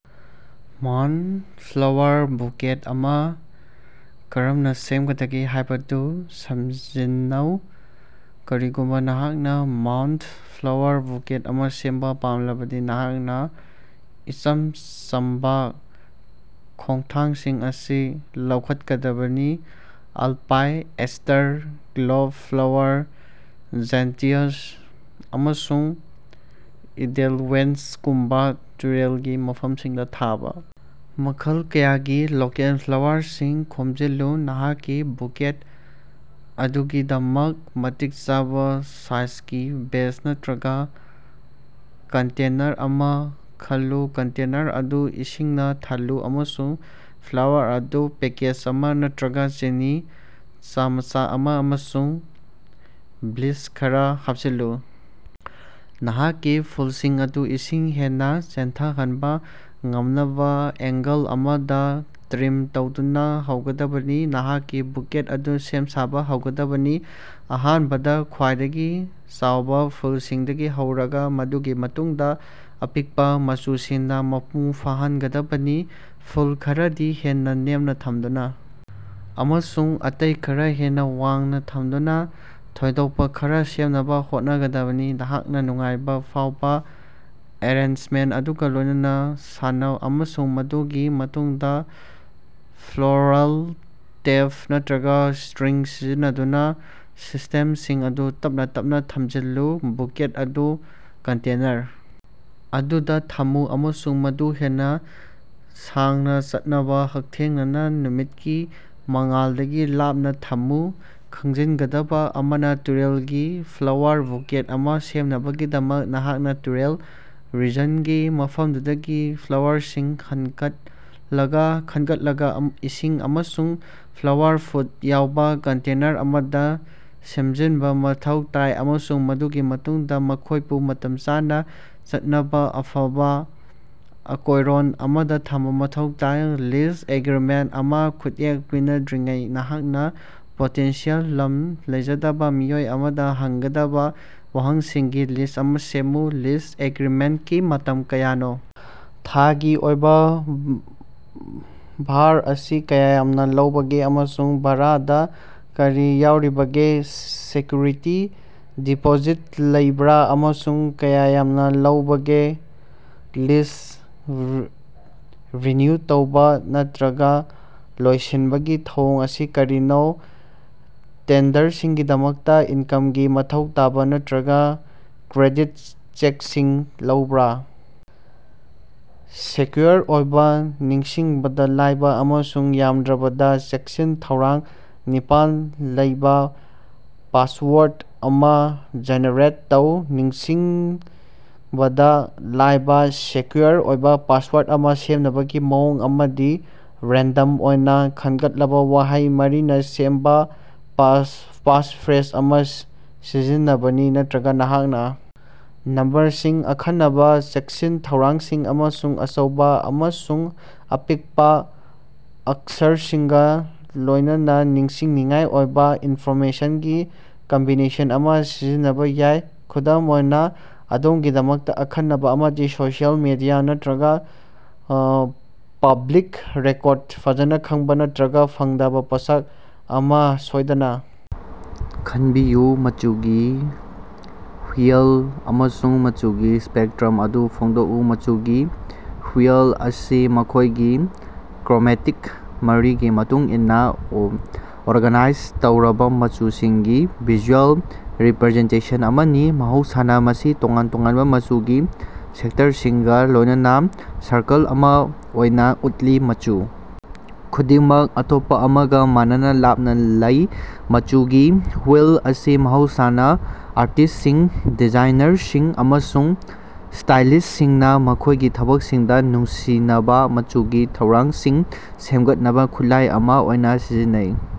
Mount flower bucket ꯑꯃ ꯀꯔꯝꯅ ꯁꯦꯝꯒꯗꯒꯦ ꯍꯥꯏꯕꯗꯨ ꯁꯝꯖꯤꯟꯅꯧ꯫ ꯀꯔꯤꯒꯨꯝꯕ ꯅꯍꯥꯛꯅ ꯃꯥꯎꯟꯇꯟ ꯐ꯭ꯂꯥꯋꯔ ꯕꯨꯀꯦꯠ ꯑꯃ ꯁꯦꯝꯕ ꯄꯥꯝꯂꯕꯗꯤ, ꯅꯍꯥꯛꯅ ꯏꯆꯝ ꯆꯝꯕ ꯈꯣꯡꯊꯥꯡꯁꯤꯡ ꯑꯁꯤ ꯂꯧꯈꯠꯀꯗꯕꯅꯤ: alpine aster, globe flower, gentian, ꯑꯃꯁꯨꯡ ꯏꯗꯦꯜꯋꯦꯏꯁꯒꯨꯝꯕ ꯇꯨꯔꯦꯜ ꯒꯤ ꯃꯐꯝꯁꯤꯡꯗ ꯊꯥꯕ ꯃꯈꯜ ꯀꯌꯥꯒꯤ ꯂꯣꯀꯦꯜ ꯐ꯭ꯂꯥꯋꯔꯁꯤꯡ ꯈꯣꯝꯖꯤꯜꯂꯨ꯫ ꯅꯍꯥꯛꯀꯤ ꯕꯨꯀꯦꯠ ꯑꯗꯨꯒꯤꯗꯃꯛ ꯃꯇꯤꯛ ꯆꯥꯕ ꯁꯥꯏꯖꯒꯤ ꯚꯦꯖ ꯅꯠꯇ꯭ꯔꯒ ꯀꯟꯇꯦꯅꯔ ꯑꯃ ꯈꯜꯂꯨ꯫ ꯀꯟꯇꯦꯅꯔ ꯑꯗꯨ ꯏꯁꯤꯡꯅ ꯊꯜꯂꯨ ꯑꯃꯁꯨꯡ ꯐ꯭ꯂꯥꯋꯔ ꯐꯨꯗ ꯄꯦꯀꯦꯖ ꯑꯃ ꯅꯠꯇ꯭ꯔꯒ ꯆꯤꯅꯤ ꯆꯥꯃꯆ ꯑꯃ ꯑꯃꯁꯨꯡ ꯕ꯭ꯂꯤꯆ ꯈꯔ ꯍꯥꯞꯆꯤꯜꯂꯨ꯫ ꯅꯍꯥꯛꯀꯤ ꯐꯨꯜꯁꯤꯡ ꯑꯗꯨ ꯏꯁꯤꯡ ꯍꯦꯟꯅ ꯆꯦꯟꯊꯍꯟꯕ ꯉꯝꯅꯕ ꯑꯦꯡꯒꯜ ꯑꯃꯗ ꯇ꯭ꯔꯤꯝ ꯇꯧꯗꯨꯅ ꯍꯧꯒꯗꯕꯅꯤ꯫ ꯅꯍꯥꯛꯀꯤ ꯕꯨꯀꯦꯠ ꯑꯗꯨ ꯁꯦꯝ-ꯁꯥꯕ ꯍꯧꯒꯗꯕꯅꯤ, ꯑꯍꯥꯟꯕꯗ ꯈ꯭ꯋꯥꯏꯗꯒꯤ ꯆꯥꯎꯕ ꯐꯨꯜꯁꯤꯡꯗꯒꯤ ꯍꯧꯔꯒ, ꯃꯗꯨꯒꯤ ꯃꯇꯨꯡꯗ ꯑꯄꯤꯛꯄ ꯃꯆꯨꯁꯤꯡꯅ ꯃꯄꯨꯡ ꯐꯥꯍꯟꯒꯗꯕꯅꯤ꯫ ꯐꯨꯜ ꯈꯔꯗꯤ ꯍꯦꯟꯅ ꯅꯦꯝꯅ ꯊꯝꯗꯨꯅ ꯑꯃꯁꯨꯡ ꯑꯇꯩ ꯈꯔ ꯍꯦꯟꯅ ꯋꯥꯡꯅ ꯊꯝꯗꯨꯅ ꯊꯣꯏꯗꯣꯛꯄ ꯈꯔ ꯁꯦꯝꯅꯕ ꯍꯣꯠꯅꯒꯗꯕꯅꯤ꯫ ꯅꯍꯥꯛꯅ ꯅꯨꯡꯉꯥꯏꯕ ꯐꯥꯎꯕ ꯑꯦꯔꯦꯟꯖꯃꯦꯟꯠ ꯑꯗꯨꯒ ꯂꯣꯏꯅꯅ ꯁꯥꯟꯅꯧ, ꯑꯃꯁꯨꯡ ꯃꯗꯨꯒꯤ ꯃꯇꯨꯡꯗ ꯐ꯭ꯂꯣꯔꯜ ꯇꯦꯞ ꯅꯠꯇ꯭ꯔꯒ ꯁ꯭ꯇꯔꯤꯡ ꯁꯤꯖꯤꯟꯅꯗꯨꯅ ꯁ꯭ꯇꯦꯝꯁꯤꯡ ꯑꯗꯨ ꯇꯞꯅ ꯇꯞꯅ ꯊꯝꯖꯤꯜꯂꯨ꯫ ꯕꯨꯀꯦꯠ ꯑꯗꯨ ꯀꯟꯇꯦꯅꯔ ꯑꯗꯨꯗ ꯊꯝꯃꯨ ꯑꯃꯁꯨꯡ ꯃꯗꯨ ꯍꯦꯟꯅ ꯁꯥꯡꯅ ꯆꯠꯅꯕ ꯍꯛꯊꯦꯡꯅꯅ ꯅꯨꯃꯤꯠꯀꯤ ꯃꯉꯥꯜꯗꯒꯤ ꯂꯥꯞꯅ ꯊꯝꯃꯨ꯫ ꯈꯪꯖꯤꯟꯒꯗꯕ꫰ꯑꯃꯅ, ꯇꯨꯔꯦꯜꯒꯤ ꯐ꯭ꯂꯥꯋꯔ ꯕꯨꯀꯦꯠ ꯑꯃ ꯁꯦꯝꯅꯕꯒꯤꯗꯃꯛ, ꯅꯍꯥꯛꯅ ꯇꯨꯔꯦꯜ ꯔꯤꯖꯟꯗꯒꯤ ꯃꯐꯝꯗꯨꯒꯤ ꯐ꯭ꯂꯥꯋꯔꯁꯤꯡ ꯈꯟꯒꯠꯂꯒ ꯏꯁꯤꯡ ꯑꯃꯁꯨꯡ ꯐ꯭ꯂꯥꯋꯔ ꯐꯨꯗ ꯌꯥꯎꯕ ꯀꯟꯇꯦꯅꯔ ꯑꯃꯗ ꯁꯦꯝꯖꯤꯟꯕ ꯃꯊꯧ ꯇꯥꯏ, ꯑꯃꯁꯨꯡ ꯃꯗꯨꯒꯤ ꯃꯇꯨꯡꯗ ꯃꯈꯣꯏꯕꯨ ꯃꯇꯝ ꯁꯥꯡꯅ ꯆꯠꯅꯕ ꯑꯐꯕ ꯑꯀꯣꯏꯔꯣꯟ ꯑꯃꯗ ꯊꯝꯕ ꯃꯊꯧ ꯇꯥꯏ꯫ ꯂꯤꯖ ꯑꯦꯒ꯭ꯔꯤꯃꯦꯟꯠ ꯑꯃ ꯈꯨꯠꯌꯦꯛ ꯄꯤꯅꯗ꯭ꯔꯤꯉꯩꯗ ꯅꯍꯥꯛꯅ ꯄꯣꯇꯦꯟꯁꯤꯑꯦꯜ ꯂꯝ ꯂꯩꯖꯗꯕ ꯃꯤꯑꯣꯏ ꯑꯃꯗ ꯍꯪꯒꯗꯕ ꯋꯥꯍꯪꯁꯤꯡꯒꯤ ꯂꯤꯁ꯭ꯠ ꯑꯃ ꯁꯦꯝꯃꯨ꯫ ꯂꯤꯖ ꯑꯦꯒ꯭ꯔꯤꯃꯦꯟꯠꯀꯤ ꯃꯇꯝ ꯀꯌꯥꯅꯣ? ꯊꯥꯒꯤ ꯑꯣꯏꯕ ꯚꯥꯔ ꯑꯁꯤ ꯀꯌꯥ ꯌꯥꯝꯅ ꯂꯩꯕꯒꯦ ꯑꯃꯁꯨꯡ ꯚꯥꯔꯥꯗ ꯀꯔꯤ ꯌꯥꯎꯔꯤꯕꯒꯦ? ꯁꯦꯀ꯭ꯌꯨꯔꯤꯇꯤ ꯗꯤꯄꯣꯖꯤꯠ ꯂꯩꯕꯔꯥ ꯑꯃꯁꯨꯡ ꯀꯌꯥ ꯌꯥꯝꯅ ꯂꯩꯕꯒꯦ? ꯂꯤꯖ ꯔꯤꯅ꯭ꯌꯨ ꯇꯧꯕ ꯅꯠꯇ꯭ꯔꯒ ꯂꯣꯏꯁꯤꯟꯕꯒꯤ ꯊꯧꯑꯣꯡ ꯑꯁꯤ ꯀꯔꯤꯅꯣ? ꯇꯦꯟꯗꯔꯁꯤꯡꯒꯤꯗꯃꯛꯇ ꯏꯟꯀꯝꯒꯤ ꯃꯊꯧ ꯇꯥꯕ ꯅꯠꯇ꯭ꯔꯒ ꯀ꯭ꯔꯦꯗꯤꯠ ꯆꯦꯛꯁꯤꯡ ꯂꯩꯕꯔꯥ? ꯁꯦꯀ꯭ꯌꯨꯑꯣꯔ ꯑꯣꯏꯕ, ꯅꯤꯡꯁꯤꯡꯕꯗ ꯂꯥꯏꯕ ꯑꯃꯁꯨꯡ ꯌꯥꯝꯗ꯭ꯔꯕꯗ ꯆꯦꯛꯁꯤꯟ-ꯊꯧꯔꯥꯡ ꯅꯤꯄꯥꯜ ꯂꯩꯕ ꯄꯥꯁꯋꯔꯗ ꯑꯃ ꯖꯦꯅꯦꯔꯦꯠ ꯇꯧ꯫ ꯅꯤꯡꯁꯤꯡꯕꯗ ꯂꯥꯏꯕ ꯁꯦꯀ꯭ꯌꯨꯑꯣꯔ ꯑꯣꯏꯕ ꯄꯥꯁꯋꯔꯗ ꯑꯃ ꯁꯦꯝꯅꯕꯒꯤ ꯃꯑꯣꯡ ꯑꯃꯗꯤ ꯔꯦꯟꯗꯝ ꯑꯣꯏꯅ ꯈꯟꯒꯠꯂꯕ ꯋꯥꯍꯩ ꯃꯔꯤꯅ ꯁꯦꯝꯕ ꯄꯥꯁꯐ꯭ꯔꯦꯖ ꯑꯃ ꯁꯤꯖꯤꯟꯅꯕꯅꯤ꯫ ꯅꯠꯇ꯭ꯔꯒ, ꯅꯍꯥꯛꯅ ꯅꯝꯕꯔꯁꯤꯡ, ꯑꯈꯟꯅꯕ ꯆꯦꯛꯁꯤꯟ-ꯊꯧꯔꯥꯡꯁꯤꯡ, ꯑꯃꯁꯨꯡ ꯑꯆꯧꯕ ꯑꯃꯁꯨꯡ ꯑꯄꯤꯛꯄ ꯑꯛꯁꯔꯁꯤꯡꯒ ꯂꯣꯏꯅꯅ ꯅꯤꯡꯁꯤꯡꯅꯤꯡꯉꯥꯏ ꯑꯣꯏꯕ ꯏꯟꯐꯣꯔꯃꯦꯁꯟꯒꯤ ꯀꯝꯕꯤꯅꯦꯁꯟ ꯑꯃ ꯁꯤꯖꯤꯟꯅꯕ ꯌꯥꯏ꯫ ꯈꯨꯗꯝ ꯑꯣꯏꯅ, ꯑꯗꯣꯝꯒꯤꯗꯃꯛꯇ ꯑꯈꯟꯅꯕ ꯑꯃꯗꯤ ꯁꯣꯁꯤꯌꯦꯜ ꯃꯤꯗꯤꯌꯥ ꯅꯠꯇ꯭ꯔꯒ ꯄꯕ꯭ꯂꯤꯛ ꯔꯦꯀꯣꯔꯗꯇ ꯐꯖꯅ ꯈꯪꯕ ꯅꯠꯇ꯭ꯔꯒ ꯐꯪꯗꯕ ꯄꯣꯠꯁꯛ ꯑꯃ ꯁꯣꯏꯗꯅ ꯈꯟꯕꯤꯌꯨ꯫ ꯃꯆꯨꯒꯤ ꯍꯨꯏꯜ ꯑꯃꯁꯨꯡ ꯃꯆꯨꯒꯤ ꯁ꯭ꯄꯦꯛꯇ꯭ꯔꯝ ꯑꯗꯨ ꯐꯣꯡꯗꯣꯛꯎ꯫ ꯃꯆꯨꯒꯤ ꯍꯨꯏꯜ ꯑꯁꯤ ꯃꯈꯣꯏꯒꯤ ꯀ꯭ꯔꯣꯃꯦꯇꯤꯛ ꯃꯔꯤꯒꯤ ꯃꯇꯨꯡ ꯏꯟꯅ ꯑꯣꯔꯒꯅꯥꯏꯖ ꯇꯧꯔꯕ ꯃꯆꯨꯁꯤꯡꯒꯤ ꯚꯤꯖꯨꯑꯦꯜ ꯔꯤꯄ꯭ꯔꯖꯦꯟꯇꯦꯁꯟ ꯑꯃꯅꯤ꯫ ꯃꯍꯧꯁꯥꯅ ꯃꯁꯤ ꯇꯣꯉꯥꯟ-ꯇꯣꯉꯥꯟꯕ ꯃꯆꯨꯒꯤ ꯁꯦꯛꯇꯔꯁꯤꯡꯒ ꯂꯣꯏꯅꯅ ꯁꯔꯀꯜ ꯑꯃ ꯑꯣꯏꯅ ꯎꯠꯂꯤ, ꯃꯆꯨ ꯈꯨꯗꯤꯡꯃꯛ ꯑꯇꯣꯞꯄ ꯑꯃꯒ ꯃꯥꯟꯅꯅ ꯂꯥꯞꯅ ꯂꯩ꯫ ꯃꯆꯨꯒꯤ ꯍꯨꯏꯜ ꯑꯁꯤ ꯃꯍꯧꯁꯥꯅ ꯑꯥꯔꯇꯤꯁꯁꯤꯡ, ꯗꯤꯖꯥꯏꯅꯔꯁꯤꯡ ꯑꯃꯁꯨꯡ ꯁ꯭ꯇꯥꯏꯂꯤꯁꯁꯤꯡꯅ ꯃꯈꯣꯏꯒꯤ ꯊꯕꯛꯁꯤꯡꯗ ꯅꯨꯡꯁꯤꯅꯕ ꯃꯆꯨꯒꯤ ꯊꯧꯔꯥꯡꯁꯤꯡ ꯁꯦꯝꯒꯠꯅꯕ ꯈꯨꯠꯂꯥꯏ ꯑꯃ ꯑꯣꯏꯅ ꯁꯤꯖꯤꯟꯅꯩ꯫